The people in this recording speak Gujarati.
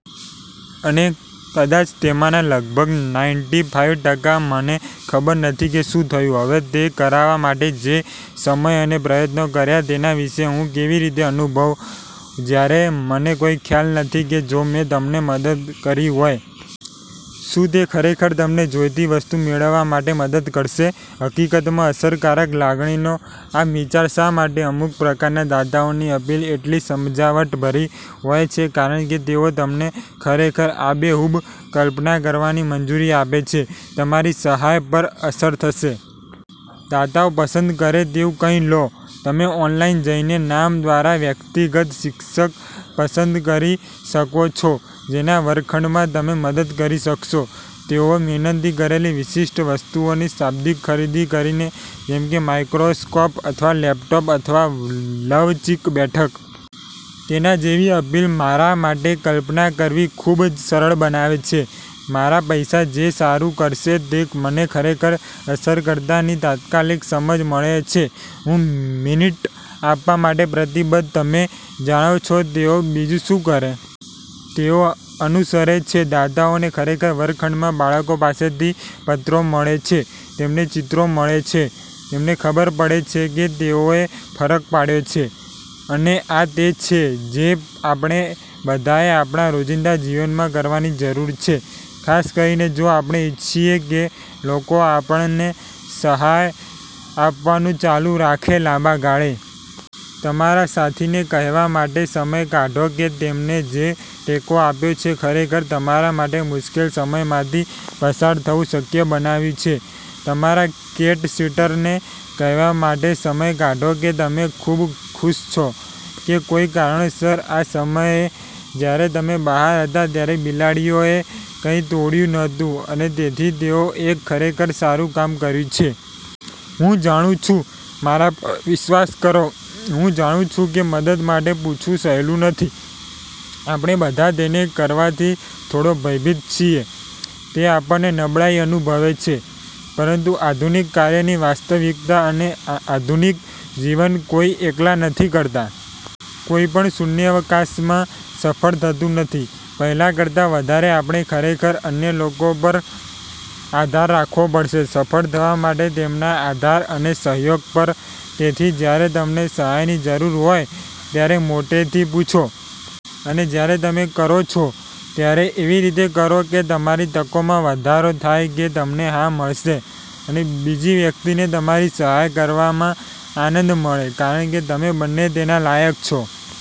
અને કદાચ તેમાંના લગભગ નાઈન્ટી ફાઈવ ટકા મને ખબર નથી કે શું થયું. હવે, તે કરવા માટે જે સમય અને પ્રયત્નો કર્યા તેના વિશે હું કેવી રીતે અનુભવું જ્યારે મને કોઈ ખ્યાલ નથી કે જો મેં તમને મદદ કરી હોય. શું તે ખરેખર તમને જોઈતી વસ્તુ મેળવવા માટે મદદ કરશે? હકીકતમાં, અસરકારક લાગણીનો આ વિચાર શા માટે અમુક પ્રકારના દાતાઓની અપીલ એટલી સમજાવટભરી હોય છે કારણ કે તેઓ તમને ખરેખર આબેહૂબ કલ્પના કરવાની મંજૂરી આપે છે તમારી સહાય પર અસર થશે. દાતાઓ પસંદ કરે તેવું કંઈક લો. તમે ઓનલાઇન જઈને નામ દ્વારા વ્યક્તિગત શિક્ષક પસંદ કરી શકો છો જેના વર્ગખંડમાં તમે મદદ કરી શકશો તેઓએ વિનંતી કરેલી વિશિષ્ટ વસ્તુઓની શાબ્દિક ખરીદી કરીને જેમકે માઇક્રોસ્કોપ અથવા લેપટોપ અથવા લવચીક બેઠક. તેના જેવી અપીલ મારા માટે કલ્પના કરવી ખૂબ જ સરળ બનાવે છે મારા પૈસા જે સારું કરશે તે મને ખરેખર અસરકારકતાની તાત્કાલિક સમજ મળે છે હું મિનિટ આપવા માટે પ્રતિબદ્ધ. તમે જાણો છો, તેઓ બીજું શું કરે? તેઓ અનુસરે છે. દાતાઓને ખરેખર વર્ગખંડમાં બાળકો પાસેથી પત્રો મળે છે, તેમને ચિત્રો મળે છે. તેમને ખબર પડે છે કે તેઓએ ફરક પાડ્યો છે. અને આ તે છે જે આપણે બધાએ આપણા રોજિંદા જીવનમાં કરવાની જરૂર છે ખાસ કરીને જો આપણે ઇચ્છીએ કે લોકો આપણેને સહાય આપવાનું ચાલુ રાખે લાંબા ગાળે. તમારા સાથીને કહેવા માટે સમય કાઢો કે તેમને જે ટેકો આપ્યો છે ખરેખર તમારા માટે મુશ્કેલ સમયમાંથી પસાર થવું શક્ય બનાવ્યું છે. તમારા કેટ-સિટરને કહેવા માટે સમય કાઢો કે તમે ખૂબ ખુશ છો કે કોઈ કારણોસર આ સમયે જ્યારે તમે બહાર હતા ત્યારે બિલાડીઓ એ કંઈ તોડયુ નહોતુ અને તેથી તેઓ એક ખરેખર સારું કામ કર્યું છે. હું જાણું છું, મારા પર વિશ્વાસ કરો, હું જાણું છું કે મદદ માટે પૂછવું સહેલું નથી. આપણે બધા તેને કરવાથી થોડો ભયભીત છીએ. તે આપણને નબળાઈ અનુભવે છે. પરંતુ આધુનિક કાર્યની વાસ્તવિકતા અને આધુનિક જીવન કોઈ એકલા નથી કરતા. કોઈ પણ શૂન્યાવકાશમાં સફળ થતું નથી. પહેલા કરતા વધારે આપણે ખરેખર અન્ય લોકો પર આધાર રાખવો પડશે સફળ થવા માટે તેમના આધાર અને સહયોગ પર. તેથી જ્યારે તમને સહાયની જરૂર હોય, ત્યારે મોટેથી પૂછો. અને જ્યારે તમે કરો છો, ત્યારે એવી રીતે કરો કે તમારી તકોમાં વધારો થાય કે તમને હા મળશે અને બીજી વ્યક્તિને તમારી સહાય કરવામાં આનંદ મળે કારણ કે તમે બંને તેના લાયક છો.